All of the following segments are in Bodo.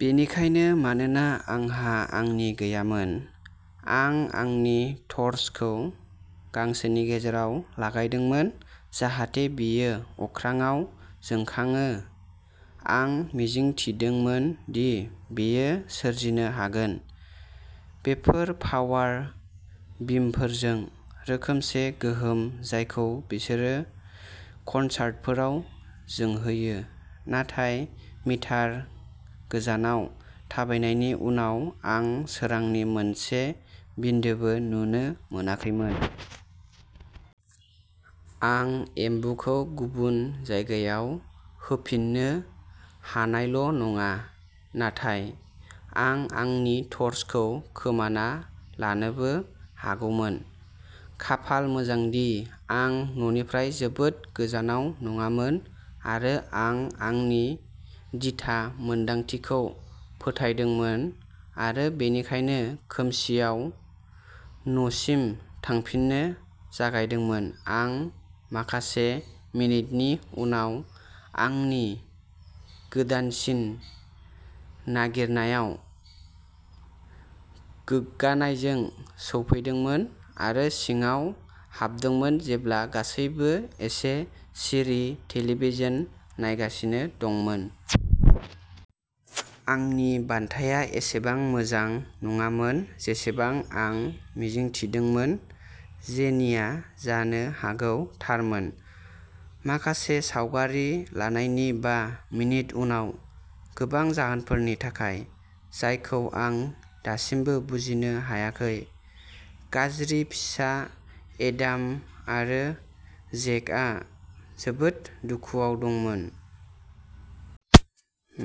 बेनिखायनो, मानोना आंहा आंनि गैयामोन, आं आंनि टर्चखौ गांसेनि गेजेराव लागायदोंमोन जाहाथे बेयो अख्राङाव जोंखाङो। आं मिजिंथिदोंमोन दि बेयो सोरजिनो हागोन। बेफोर पावार बिमफोरजों रोखोमसे गोहोम, जायखौ बिसोरो कनसार्टफोराव जोंहोयो, नाथाय मिटार गोजानाव थाबायनायनि उनाव आं सोरांनि मोनसे बिन्दोबो नुनो मोनाखैमोन। आं एम्बुखौ गुबुन जायगायाव होफिन्नो हानायल'नङा, नाथाय आं आंनि टार्चखौ खोमाना लानोबो हागौमोन। खाफाल मोजांदि आं न'निफ्राय जोबोद गोजानाव नङामोन आरो आं आंनि दिथा मोनदांथिखौ फोथायदोंमोन आरो बेनिखायनो खोमसिआव न'सिम थांफिननो जागायदोंमोन। आं माखासे मिनिटनि उनाव आंनि गोदानसिन नागिरनायाव गोग्गानायजों सौफैदोंमोन आरो सिङाव हाबदोंमोन जेब्ला गासैबो एसे सिरि टेलिभिजन नायगासिनो दंमोन। आंनि बान्थाया एसेबां मोजां नङामोन जेसेबां आं मिजिंथिदोंमोन। जेनिआ जानो हागौ थारमोन। माखासे सावगारि लानायनि बा मिनिट उनाव, गोबां जाहोनफोरनि थाखाय जायखौ आं दासिमबो बुजिनो हायाखै, गाज्रि फिसा एडाम आरो जेकआ जोबोद दुखुआव दंमोन।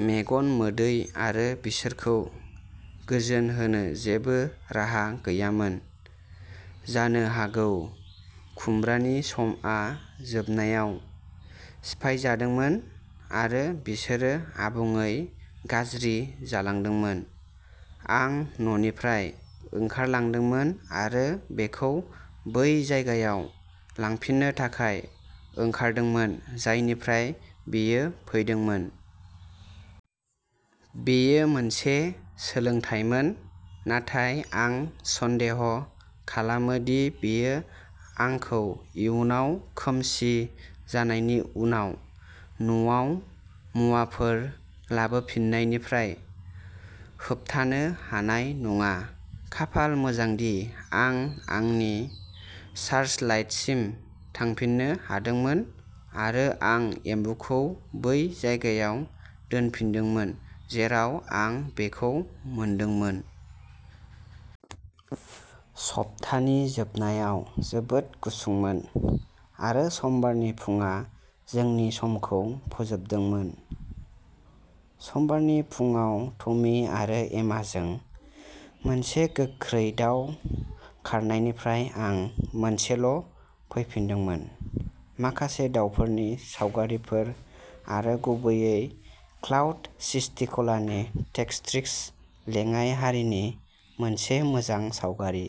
मेगन मोदै आरो बिसोरखौ गोजोन होनो जेबो राहा गैयामोन। जानो हागौ खुमब्रानि समआ जोबनायाव सिफायजादोंमोन आरो बिसोरो आबुङै गाज्रि जालांदोंमोन। आं न'निफ्राय ओंखारलांदोंमोन आरो बेखौ बै जायगायाव लांफिननो थाखाय ओंखारदोंमोन, जायनिफ्राय बेयो फैदोंमोन। बेयो मोनसे सोलोंथायमोन, नाथाय आं सन्देह खालामो दि बेयो आंखौ इयुनाव खोमसि जानायनि उनाव न'आव मुवाफोर लाबोफिन्नायनिफ्राय होबथानो हानाय नङा। खाफाल मोजांदि आं आंनि सार्चलाइटसिम थांफिननो हादोंमोन आरो आं एम्बुखौ बै जायगायाव दोनफिनदोंमोन, जेराव आं बेखौ मोनदोंमोन। सप्तानि जोबनायाव जोबोद गुसुंमोन आरो समबारनि फुंआ जोंनि समखौ फोजोबदोंमोन। समबारनि फुंआव टमी आरो एमाजों मोनसे गोख्रै दाव खारनायनिफ्राय आं मोनसेल'फैफिन्दोंमोन, माखासे दावफोरनि सावगारिफोर आरो गुबैयै क्लाउड सिस्टिक'लानि टेक्सट्रिक्स लेङाइ हारिनि मोनसे मोजां सावगारि।